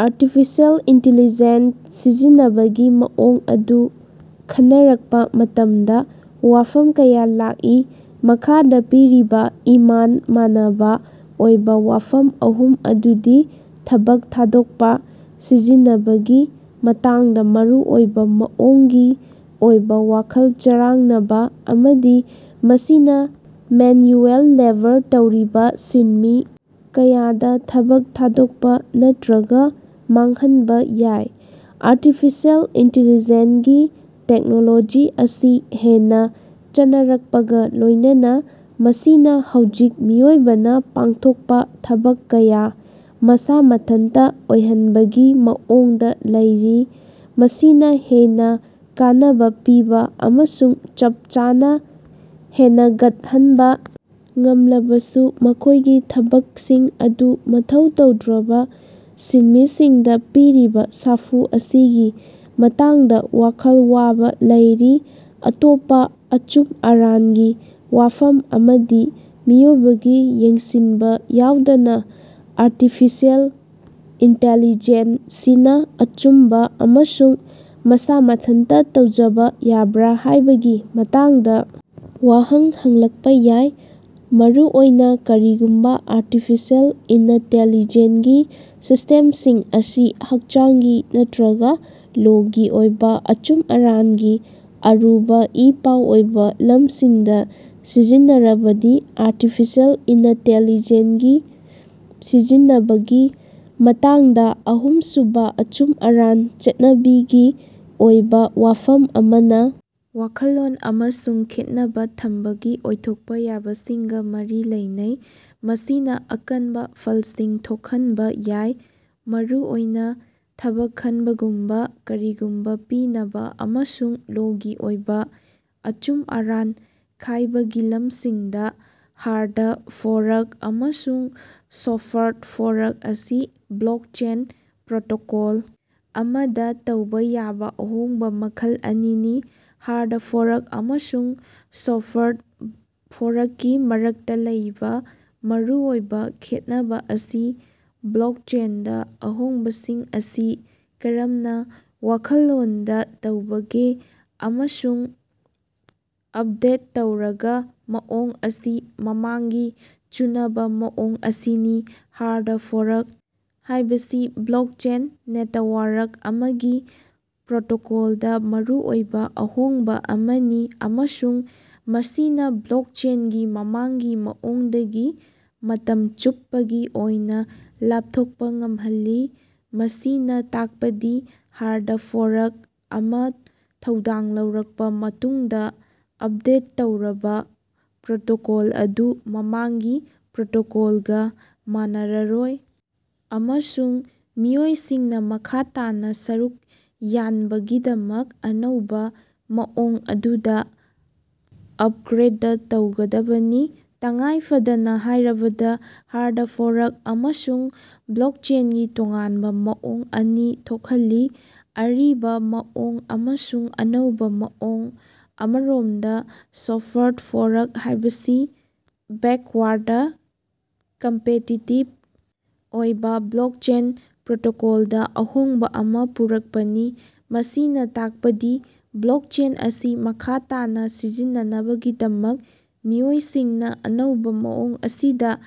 Artificial intelligence ꯁꯤꯖꯤꯟꯅꯕꯒꯤ ꯃꯑꯣꯡ ꯑꯗꯨ ꯈꯟꯅꯔꯛꯄ ꯃꯇꯝꯗ ꯋꯥꯐꯝ ꯀꯌꯥ ꯂꯥꯛꯏ꯫ ꯃꯈꯥꯗ ꯄꯤꯔꯤꯕ ꯏꯃꯥꯟ ꯃꯥꯅꯕ ꯑꯣꯏꯕ ꯋꯥꯐꯝ ꯑꯍꯨꯝ ꯑꯗꯨꯗꯤ ꯊꯕꯛ ꯊꯥꯗꯣꯛꯄ, ꯁꯤꯖꯤꯟꯅꯕꯒꯤ ꯃꯇꯥꯡꯗ ꯃꯔꯨꯑꯣꯏꯕ ꯃꯑꯣꯡꯒꯤ ꯑꯣꯏꯕ ꯋꯥꯈꯜ ꯆꯔꯥꯡꯅꯕ, ꯑꯃꯗꯤ ꯃꯁꯤꯅ ꯃꯦꯟꯌꯨꯑꯦꯜ ꯂꯦꯕꯔ ꯇꯧꯔꯤꯕ ꯁꯤꯟꯃꯤ ꯀꯌꯥꯗ ꯊꯕꯛ ꯊꯥꯗꯣꯛꯄ ꯅꯠꯇ꯭ꯔꯒ ꯃꯥꯡꯍꯟꯕ ꯌꯥꯏ꯫ ꯑꯥꯔꯇꯤꯐꯤꯁꯦꯜ ꯏꯟꯇꯦꯜꯂꯤꯖꯦꯟꯠ ꯒꯤ ꯇꯦꯛꯅꯣꯂꯣꯖꯤ ꯑꯁꯤ ꯍꯦꯟꯅ ꯆꯠꯅꯔꯛꯄꯒ ꯂꯣꯏꯅꯅ ꯃꯁꯤꯅ ꯍꯧꯖꯤꯛ ꯃꯤꯑꯣꯏꯕꯅ ꯄꯥꯡꯊꯣꯛꯄ ꯊꯕꯛ ꯀꯌꯥ ꯃꯁꯥ ꯃꯊꯟꯇ ꯑꯣꯏꯍꯟꯕꯒꯤ ꯃꯑꯣꯡꯗ ꯂꯩꯔꯤ꯫ ꯃꯁꯤꯅ ꯍꯦꯟꯅ ꯀꯥꯅꯕ ꯄꯤꯕ ꯑꯃꯁꯨꯡ ꯆꯞ ꯆꯥꯅ ꯍꯦꯅꯒꯠꯍꯟꯕ ꯉꯝꯂꯕꯁꯨ, ꯃꯈꯣꯏꯒꯤ ꯊꯕꯛꯁꯤꯡ ꯑꯗꯨ ꯃꯊꯧ ꯇꯧꯗ꯭ꯔꯕ ꯁꯤꯟꯃꯤꯁꯤꯡꯗ ꯄꯤꯔꯤꯕ ꯁꯥꯐꯨ ꯑꯁꯤꯒꯤ ꯃꯇꯥꯡꯗ ꯋꯥꯈꯜ ꯋꯥꯕ ꯂꯩꯔꯤ꯫ ꯑꯇꯣꯞꯄ ꯑꯆꯨꯝ ꯑꯔꯥꯟꯒꯤ ꯋꯥꯐꯝ ꯑꯃꯗꯤ ꯃꯤꯑꯣꯏꯕꯒꯤ ꯌꯦꯡꯁꯤꯟꯕ ꯌꯥꯎꯗꯅ ꯑꯔꯇꯤꯐꯤꯁꯦꯜ ꯏꯟꯇꯦꯜꯂꯤꯖꯦꯟ ꯁꯤꯅ ꯑꯆꯨꯝꯕ ꯑꯃꯁꯨꯡ ꯃꯁꯥ ꯃꯊꯟꯇ ꯇꯧꯖꯕ ꯌꯥꯕ꯭ꯔ ꯍꯥꯢꯕꯒꯤ ꯃꯇꯥꯡꯗ ꯋꯥꯍꯪ ꯍꯪꯂꯛꯄ ꯌꯥꯏ, ꯃꯔꯨꯑꯣꯏꯅ ꯀꯔꯤꯒꯨꯝꯕ ꯑꯔꯇꯤꯐꯤꯁꯦꯜ ꯏꯅꯇꯦꯜꯂꯤꯖꯦꯟꯒꯤ ꯁꯤꯁ꯭ꯇꯦꯝꯁꯤꯡ ꯑꯁꯤ ꯍꯛꯆꯥꯡꯒꯤ ꯅꯠꯇ꯭ꯔꯒ ꯂꯣ ꯒꯤ ꯑꯣꯏꯕ ꯑꯆꯨꯝ ꯑꯔꯥꯟꯒꯤ ꯑꯔꯨꯕ ꯏꯄꯥꯎ ꯑꯣꯏꯕ ꯂꯝꯁꯤꯡꯗ ꯁꯤꯖꯤꯟꯅꯔꯕꯗꯤ꯫ ꯑꯔꯇꯤꯐꯤꯁꯦꯜ ꯏꯅꯇꯦꯜꯂꯤꯖꯦꯟ ꯒꯤ ꯁꯤꯖꯤꯟꯅꯕꯒꯤ ꯃꯇꯥꯡꯗ ꯑꯍꯨꯝꯁꯨꯕ ꯑꯆꯨꯝ ꯑꯔꯥꯟ ꯆꯠꯅꯕꯤꯒꯤ ꯑꯣꯏꯕ ꯋꯥꯐꯝ ꯑꯃꯅ ꯋꯥꯈꯜꯂꯣꯟ ꯑꯃꯁꯨꯡ ꯈꯦꯠꯅꯕ ꯊꯝꯕꯒꯤ ꯑꯣꯏꯊꯣꯛꯄ ꯌꯥꯕꯁꯤꯡꯒ ꯃꯔꯤ ꯂꯩꯅꯩ꯫ ꯃꯁꯤꯅ ꯑꯀꯟꯕ ꯐꯜꯁꯤꯡ ꯊꯣꯛꯍꯟꯕ ꯌꯥꯏ, ꯃꯔꯨꯑꯣꯏꯅ ꯊꯕꯛ ꯈꯟꯕꯒꯨꯝꯕ, ꯀꯔꯤꯒꯨꯝꯕ ꯄꯤꯅꯕ, ꯑꯃꯁꯨꯡ ꯂꯣ ꯒꯤ ꯑꯣꯏꯕ ꯑꯆꯨꯝ ꯑꯔꯥꯟ ꯈꯥꯏꯕꯒꯤꯂꯝꯁꯤꯡꯗ꯫ ꯍꯥꯔꯗ ꯐꯣꯔꯛ ꯑꯃꯁꯨꯡ ꯁꯣꯐ꯭ꯠ ꯐꯣꯔꯛ ꯑꯁꯤ ꯕ꯭ꯂꯣꯛꯆꯦꯟ ꯄ꯭ꯔꯣꯇꯣꯀꯣꯜ ꯑꯃꯗ ꯇꯧꯕ ꯌꯥꯕ ꯑꯍꯣꯡꯕ ꯃꯈꯜ ꯑꯅꯤꯅꯤ꯫ ꯍꯥꯔꯗ ꯐꯣꯔꯛ ꯑꯃꯁꯨꯡ ꯁꯣꯐ꯭ꯠ ꯐꯣꯔꯛꯀꯤ ꯃꯔꯛꯇ ꯂꯩꯕ ꯃꯔꯨꯑꯣꯏꯕ ꯈꯦꯠꯅꯕ ꯑꯁꯤ ꯕ꯭ꯂꯣꯛꯆꯦꯟꯗ ꯑꯍꯣꯡꯕꯁꯤꯡ ꯑꯁꯤ ꯀꯔꯝꯅ ꯋꯥꯈꯜꯂꯣꯟꯗ ꯇꯧꯕꯒꯦ ꯑꯃꯁꯨꯡ ꯑꯞꯗꯦꯠ ꯇꯧꯔꯕ ꯃꯑꯣꯡ ꯑꯁꯤ ꯃꯃꯥꯡꯒꯤ ꯆꯨꯅꯕ ꯃꯑꯣꯡ ꯑꯁꯤꯅꯤ꯫ ꯍꯥꯔꯗ ꯐꯣꯔꯛ ꯍꯥꯏꯕꯁꯤ ꯕ꯭ꯂꯣꯛꯆꯦꯟ ꯅꯦꯇꯋꯥꯔꯛ ꯑꯃꯒꯤ ꯄ꯭ꯔꯣꯇꯣꯀꯣꯜꯗ ꯃꯔꯨꯑꯣꯏꯕ ꯑꯍꯣꯡꯕ ꯑꯃꯅꯤ ꯑꯃꯁꯨꯡ ꯃꯁꯤꯅ ꯕ꯭ꯂꯣꯛꯆꯦꯟꯒꯤ ꯃꯃꯥꯡꯒꯤ ꯃꯑꯣꯡꯗꯒꯤ ꯃꯇꯝ ꯆꯨꯞꯄꯒꯤ ꯑꯣꯏꯅ ꯂꯥꯞꯊꯣꯛꯄ ꯉꯝꯍꯜꯂꯤ꯫ ꯃꯁꯤꯅ ꯇꯥꯛꯄꯗꯤ ꯍꯥꯔꯗ ꯐꯣꯔꯛ ꯑꯃ ꯊꯧꯗꯥꯡ ꯂꯧꯔꯛꯄ ꯃꯇꯨꯡꯗ, ꯑꯞꯗꯦꯠ ꯇꯧꯔꯕ ꯄ꯭ꯔꯣꯇꯣꯀꯣꯜ ꯑꯗꯨ ꯃꯃꯥꯡꯒꯤ ꯄ꯭ꯔꯣꯇꯣꯀꯣꯜꯒ ꯃꯥꯟꯅꯔꯔꯣꯏ ꯑꯃꯁꯨꯡ ꯃꯤꯑꯣꯏꯁꯤꯡꯅ ꯃꯈꯥ ꯇꯥꯅ ꯁꯔꯨꯛ ꯌꯥꯟꯕꯒꯤꯗꯃꯛ ꯑꯅꯧꯕ ꯃꯑꯣꯡ ꯑꯗꯨꯗ ꯑꯞꯒ꯭ꯔꯦꯗ ꯇꯧꯒꯗꯕꯅꯤ꯫ ꯇꯉꯥꯏ ꯐꯗꯅ ꯍꯥꯏꯔꯕꯗ, ꯍꯥꯔꯗ ꯐꯣꯔꯛ ꯑꯃꯅ ꯕ꯭ꯂꯣꯛꯆꯦꯟꯒꯤ ꯇꯣꯉꯥꯟꯕ ꯃꯑꯣꯡ ꯑꯅꯤ ꯊꯣꯛꯍꯜꯂꯤ, ꯑꯔꯤꯕ ꯃꯑꯣꯡ ꯑꯃꯁꯨꯡ ꯑꯅꯧꯕ ꯃꯑꯣꯡ꯫ ꯑꯃꯔꯣꯝꯗ ꯁꯣꯐ꯭ꯠ ꯐꯣꯔꯛ ꯍꯥꯏꯕꯁꯤ ꯕꯦꯛꯋꯥꯔꯗ ꯀꯝꯄꯦꯇꯤꯇꯤꯕ ꯑꯣꯏꯕ ꯕ꯭ꯂꯣꯛꯆꯦꯟ ꯄ꯭ꯔꯣꯇꯣꯀꯣꯜꯗ ꯑꯍꯣꯡꯕ ꯑꯃ ꯄꯨꯔꯛꯄꯅꯤ꯫ ꯃꯁꯤꯅ ꯇꯥꯛꯄꯗꯤ ꯕ꯭ꯂꯣꯛꯆꯦꯟ ꯑꯁꯤ ꯃꯈꯥ ꯇꯥꯅ ꯁꯤꯖꯤꯟꯅꯅꯕꯒꯤꯗꯃꯛ ꯃꯤꯑꯣꯏꯁꯤꯡꯅ ꯑꯅꯧꯕ ꯃꯑꯣꯡ ꯑꯁꯤꯗ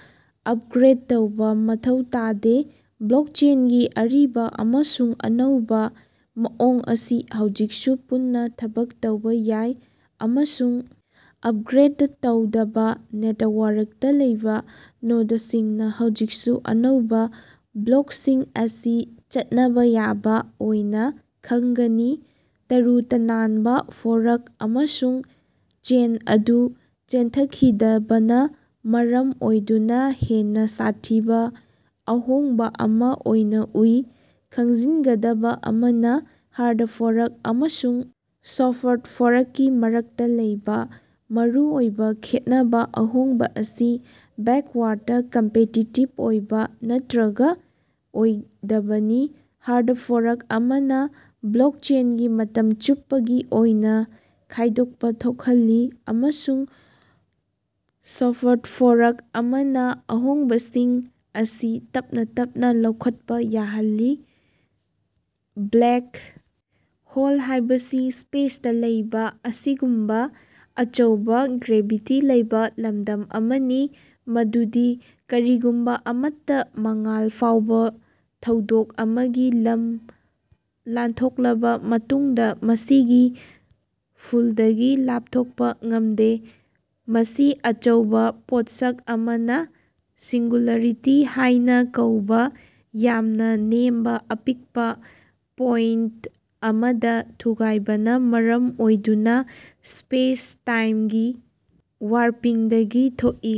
ꯑꯞꯒ꯭ꯔꯦꯗ ꯇꯧꯕ ꯃꯊꯧ ꯇꯥꯗꯦ꯫ ꯕ꯭ꯂꯣꯛꯆꯦꯟꯒꯤ ꯑꯔꯤꯕ ꯑꯃꯁꯨꯡ ꯑꯅꯧꯕ ꯃꯑꯣꯡ ꯑꯁꯤ ꯍꯧꯖꯤꯛꯁꯨ ꯄꯨꯟꯅ ꯊꯕꯛ ꯇꯧꯕ ꯌꯥꯏ, ꯑꯃꯁꯨꯡ ꯑꯞꯒ꯭ꯔꯦꯗ ꯇꯧꯗꯕ ꯅꯦꯇꯋꯥꯔꯛꯇ ꯂꯩꯕ ꯅꯣꯗꯁꯤꯡꯅ ꯍꯧꯖꯤꯛꯁꯨ ꯑꯅꯧꯕ ꯕ꯭ꯂꯣꯛꯁꯤꯡ ꯑꯁꯤ ꯆꯠꯅꯕ ꯌꯥꯕ ꯑꯣꯏꯅ ꯈꯪꯒꯅꯤ꯫ ꯇꯔꯨ ꯇꯅꯥꯟꯕ ꯐꯣꯔꯛ ꯑꯃꯅ ꯆꯦꯟ ꯑꯗꯨ ꯆꯦꯟꯊꯈꯤꯗꯕꯅ ꯃꯔꯝ ꯑꯣꯏꯗꯨꯅ ꯍꯦꯟꯅ ꯁꯥꯊꯤꯕ ꯑꯍꯣꯡꯕ ꯑꯃ ꯑꯣꯏꯅ ꯎꯏ꯫ ꯈꯪꯖꯤꯟꯒꯗꯕ ꯑꯃꯅ ꯍꯥꯔꯗ ꯐꯣꯔꯛ ꯑꯃꯁꯨꯡ ꯁꯣꯐ꯭ꯠ ꯐꯣꯔꯛꯀꯤ ꯃꯔꯛꯇ ꯂꯩꯕ ꯃꯔꯨꯑꯣꯏꯕ ꯈꯦꯠꯅꯕ ꯑꯍꯣꯡꯕ ꯑꯁꯤ ꯕꯦꯛꯋꯥꯔꯗ ꯀꯝꯄꯦꯇꯤꯇꯤꯕ ꯑꯣꯏꯕ ꯅꯠꯇ꯭ꯔꯒ ꯑꯣꯏꯗꯕꯅꯤ, ꯍꯥꯔꯗ ꯐꯣꯔꯛ ꯑꯃꯅ ꯕ꯭ꯂꯣꯛꯆꯦꯟꯒꯤ ꯃꯇꯝ ꯆꯨꯞꯄꯒꯤ ꯑꯣꯏꯅ ꯈꯥꯏꯗꯣꯛꯄ ꯊꯣꯛꯍꯜꯂꯤ ꯑꯃꯁꯨꯡ ꯁꯣꯐ꯭ꯠ ꯐꯣꯔꯛ ꯑꯃꯅ ꯑꯍꯣꯡꯕꯁꯤꯡ ꯑꯁꯤ ꯇꯞꯅ ꯇꯞꯅ ꯂꯧꯈꯠꯄ ꯌꯥꯍꯜꯂꯤ꯫ ꯕ꯭ꯂꯦꯛ ꯍꯣꯜ ꯍꯥꯏꯕꯁꯤ ꯁ꯭ꯄꯦꯁꯇ ꯂꯩꯕ ꯑꯁꯤꯒꯨꯝꯕ ꯑꯆꯧꯕꯥ ꯒ꯭ꯔꯦꯚꯤꯇꯤ ꯂꯩꯕ ꯂꯝꯗꯝ ꯑꯃꯅꯤ ꯃꯗꯨꯗꯤ ꯀꯔꯤꯒꯨꯝꯕ ꯑꯃꯠꯇ, ꯃꯉꯥꯜ ꯐꯥꯎꯕ, ꯊꯧꯗꯣꯛ ꯑꯃꯒꯤ ꯂꯝ ꯂꯥꯟꯊꯣꯛꯂꯕ ꯃꯇꯨꯡꯗ ꯃꯁꯤꯒꯤ ꯄꯨꯜꯗꯒꯤ ꯂꯥꯞꯊꯣꯛꯄ ꯉꯝꯗꯦ꯫ ꯃꯁꯤ ꯑꯆꯧꯕ ꯄꯣꯠꯁꯛ ꯑꯃꯅ ꯁꯤꯡꯒꯨꯂꯔꯤꯇꯤ ꯍꯥꯏꯅ ꯀꯧꯕ ꯌꯥꯝꯅ ꯅꯦꯝꯕ ꯑꯄꯤꯛꯄ ꯄꯣꯏꯟꯇ ꯑꯃꯗ ꯊꯨꯒꯥꯏꯕꯅ ꯃꯔꯝ ꯑꯣꯏꯗꯨꯅ ꯁ꯭ꯄꯦꯁꯇꯥꯏꯝꯒꯤ ꯋꯥꯔꯄꯤꯡꯗꯒꯤ ꯊꯣꯛꯏ꯫